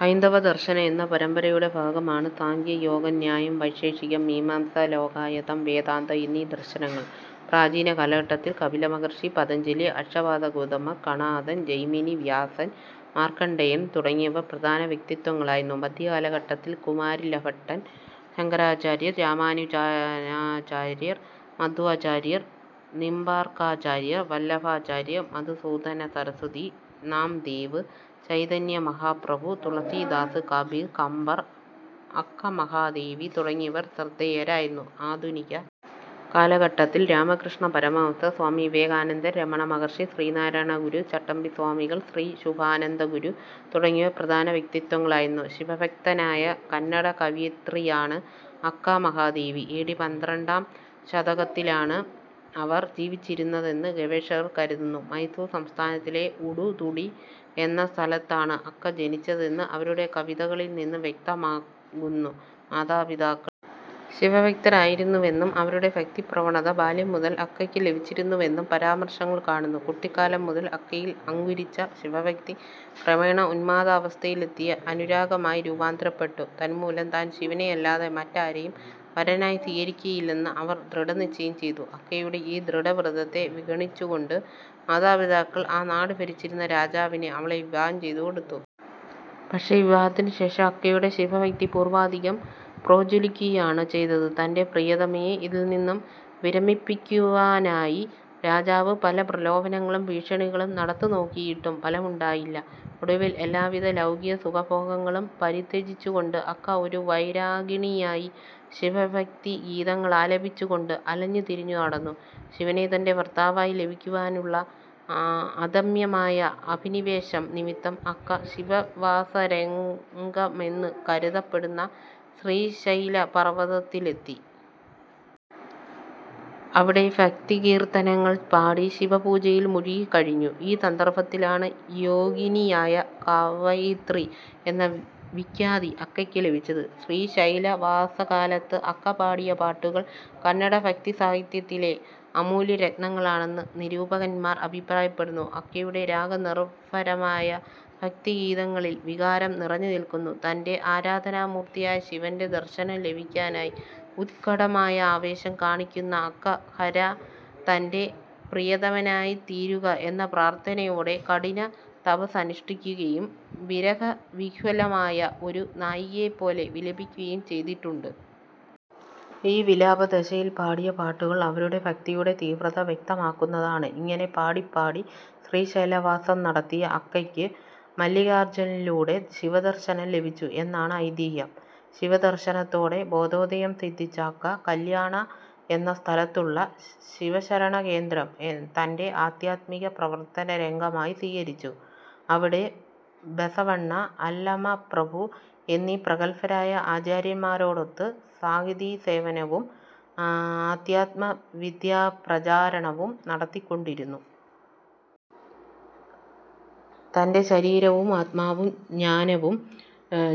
ഹൈന്ദവദർശനം എന്ന പരമ്പരയുടെ ഭാഗമാണ് സാംഖ്യം, യോഗം, ന്യായം, വൈശേഷികം, മീമാംസ, ലോകായതം, വേദാന്തം എന്നീ ദർശനങ്ങൾ. പ്രാചീന കാലഘട്ടത്തിൽ കപില മഹർഷി, പതഞ്ജലി, അക്ഷപാദ ഗൗതമർ, കണാദൻ, ജൈമിനി, വ്യാസൻ, മാർക്കണ്ഡേയൻ തുടങ്ങിയവർ പ്രധാന വ്യക്തിത്വങ്ങളായിരുന്നു. മധ്യകാലഘട്ടത്തിൽ കുമാരിലഭട്ടൻ, ശങ്കരാചാര്യർ, രാമാനുജാചാര്യർ, മധ്വാചാര്യർ, നിംബാർക്കാചാര്യർ, വല്ലഫചാര്യർ, മധുസൂദന സരസ്വതി, നാംദേവ്, ചൈതന്യ മഹാപ്രഭു, തുളസീദാസ്, കബീർ, കമ്പർ, അക്ക മഹാദേവി തുടങ്ങിയവർ ശ്രദ്ധേയരായിരുന്നു. ആധുനിക കാലഘട്ടത്തിൽ രാമകൃഷ്ണ പരമഹംസർ, സ്വാമി വിവേകാനന്ദൻ, രമണ മഹർഷി, ശ്രീനാരായണഗുരു, ചട്ടമ്പിസ്വാമികൾ, ശ്രീ ശുഭാനന്ദഗുരു തുടങ്ങിയവർ പ്രധാന വ്യക്തിത്വങ്ങളായിരുന്നു. ശിവഭക്തയായ കന്നഡ കവയിത്രിയാണ് അക്ക മഹാദേവി. എ ഡി പന്ത്രണ്ടാം ശതകത്തിലാണ് അവർ ജീവിച്ചിരുന്നതെന്ന് ഗവേഷകർ കരുതുന്നു. മൈസൂർ സംസ്ഥാനത്തിലെ ഉടുനുടി എന്ന സ്ഥലത്താണ് അക്ക ജനിച്ചതെന്ന് അവരുടെ കവിതകളിൽനിന്ന് വ്യക്തമാകുന്നു. മാതാപിതാക്കൾ ശിവഭക്തരായിരുന്നുവെന്നും അവരുടെ ഭക്തിപ്രവണത ബാല്യം മുതൽ അക്കയ്ക്ക് ലഭിച്ചിരുന്നുവെന്നും പരാമർശങ്ങൾ കാണുന്നു. കുട്ടിക്കാലം മുതൽ അക്കയിൽ അങ്കുരിച്ച ശിവഭക്തി ക്രമേണ ഉന്മാദാവസ്ഥയിലെത്തിയ അനുരാഗമായി രൂപാന്തരപ്പെട്ടു. തന്മൂലം താൻ ശിവനെയല്ലാതെ മറ്റാരെയും വരനായി സ്വീകരിക്കുകയില്ലെന്ന് അവർ ദൃഢനിശ്ചയം ചെയ്തു. അക്കയുടെ ഈ ദൃഢവ്രതത്തെ വിഗണിച്ചുകൊണ്ട് മാതാപിതാക്കൾ ആ നാട് ഭരിച്ചിരുന്ന രാജാവിന് അവളെ വിവാഹം ചെയ്തുകൊടുത്തു. പക്ഷേ വിവാഹത്തിനുശേഷം അക്കയുടെ ശിവഭക്തി പൂർവാധികം പ്രോജ്വലിക്കുകയാണ് ചെയ്തത്. തന്റെ പ്രിയതമയെ ഇതിൽനിന്ന് വിരമിപ്പിക്കുവാനായി രാജാവ് പല പ്രലോഭനങ്ങളും ഭീഷണികളും നടത്തിനോക്കിയിട്ടും ഫലമുണ്ടായില്ല. ഒടുവിൽ എല്ലാവിധ ലൗകികസുഖഭോഗങ്ങളും പരിത്യജിച്ചുകൊണ്ട് അക്ക ഒരു വൈരാഗിണിയായി ശിവഭക്തിഗീതങ്ങളാലപിച്ചുകൊണ്ട് അലഞ്ഞുതിരിഞ്ഞുനടന്നു. ശിവനെ തന്റെ ഭർത്താവായി ലഭിക്കുവാനുള്ള ആ അദമ്യമായ അഭിനിവേശം നിമിത്തം അക്ക ശിവവാസരംഗമെന്ന് കരുതപ്പെടുന്ന ശ്രീശൈലപർവതത്തിലെത്തി. അവിടെ ഭക്തികീർത്തനങ്ങൾ പാടി ശിവപൂജയിൽ മുഴുകിക്കഴിഞ്ഞു. ഈ സന്ദർഭത്തിലാണ് യോഗിനിയായ കവയിത്രി എന്ന വിഖ്യാതി അക്കയ്ക്ക് ലഭിച്ചത്. ശ്രീശൈലവാസകാലത്ത് അക്ക പാടിയ പാട്ടുകൾ കന്നഡ ഭക്തിസാഹിത്യത്തിലെ അമൂല്യരത്നങ്ങളാണെന്ന് നിരൂപകന്മാർ അഭിപ്രായപ്പെടുന്നു. അക്കയുടെ രാഗനിർഭരമായ ഭക്തിഗീതങ്ങളിൽ വികാരം നിറഞ്ഞുനിൽക്കുന്നു. തന്റെ ആരാധനാമൂർത്തിയായ ശിവന്റെ ദർശനം ലഭിക്കാനായി ഉത്കടമായ ആവേശം കാണിക്കുന്ന അക്ക ഹരാ, എന്റെ പ്രിയതമനായിത്തീരുക എന്ന പ്രാർഥനയോടെ കഠിനതപസ്സനുഷ്ഠിക്കുകയും വിരഹവിഹ്വലമായ ഒരു നായികയെപ്പോലെ വിലപിക്കുകയും ചെയ്തിട്ടുണ്ട്. ഈ വിലാപദശയിൽ പാടിയ പാട്ടുകൾ അവരുടെ ഫക്തിയുടെ തീവ്രത വ്യക്തമാക്കുന്നതാണ്. ഇങ്ങനെ പാടിപ്പാടി ശ്രീശൈലവാസം നടത്തിയ അക്കയ്ക്ക് മല്ലികാർജുനനിലൂടെ ശിവദർശനം ലഭിച്ചു എന്നാണ് ഐതിഹ്യം. ശിവദർശനത്തോടെ ബോധോദയം സിദ്ധിച്ച അക്ക കല്യാണ എന്ന സ്ഥലത്തുള്ള ശിവശരണകേന്ദ്രം തന്റെ ആധ്യാത്മിക പ്രവർത്തനരംഗമായി സ്വീകരിച്ചു. അവിടെ ബസവണ്ണ, അല്ലമപ്രഭു എന്നീ പ്രഗല്ഭരായ ആചാര്യന്മാരോടൊത്ത് സാഹിതീസേവനവും അധ്യാത്മവിദ്യാപ്രചാരണവും നടത്തിക്കൊണ്ടിരുന്നു. തന്റെ ശരീരവും ആത്മാവും ജ്ഞാനവും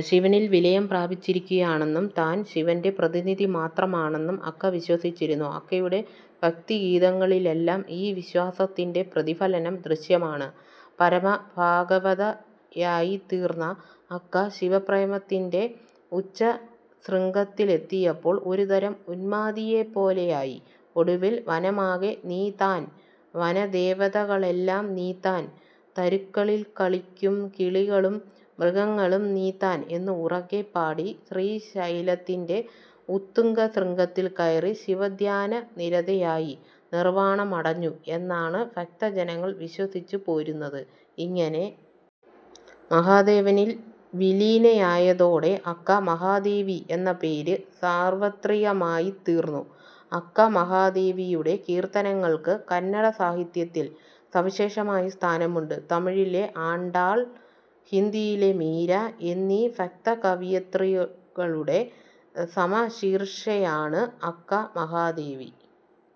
ശിവനിൽ വിലയം പ്രാപിച്ചിരിക്കുകയാണെന്നും താൻ ശിവന്റെ പ്രതിനിധി മാത്രമാണെന്നും അക്ക വിശ്വസിച്ചിരുന്നു. അക്കയുടെ ഭക്തിഗീതങ്ങളിലെല്ലാം ഈ വിശ്വാസത്തിന്റെ പ്രതിഫലനം ദൃശ്യമാണ്. പരമഭാഗവതയായിത്തീർന്ന അക്ക ശിവപ്രേമത്തിന്റെ ഉച്ചശൃംഗത്തിലെത്തിയപ്പോൾ ഒരുതരം ഉന്മാദിയെപ്പോലെയായി. ഒടുവിൽ വനമാകെ നീ താൻ, വനദേവതകളെല്ലാം നീ താൻ, തരുക്കളിൽക്കളിക്കും കിളികളും മൃഗങ്ങളും നീ താൻ എന്ന് ഉറക്കെ പാടി ശ്രീശൈലത്തിന്റെ ഉത്തുംഗശൃംഗത്തിൽ കയറി ശിവധ്യാനനിരതയായി നിർവാണമടഞ്ഞു എന്നാണ് ഭക്തജനങ്ങൾ വിശ്വസിച്ചുപോരുന്നത്. ഇങ്ങനെ മഹാദേവനിൽ വിലീനയായതോടെ അക്ക മഹാദേവി എന്ന പേര് സാർവത്രികമായിത്തീർന്നു. അക്ക മഹാദേവിയുടെ കീർത്തനങ്ങൾക്ക് കന്നഡസാഹിത്യത്തിൽ സവിശേഷമായ സ്ഥാനമുണ്ട്. തമിഴിലെ ആണ്ടാൾ, ഹിന്ദിയിലെ മീര എന്നീ ഫക്തകവയിത്രികളുടെ സമശീർഷയാണ് അക്ക മഹാദേവി.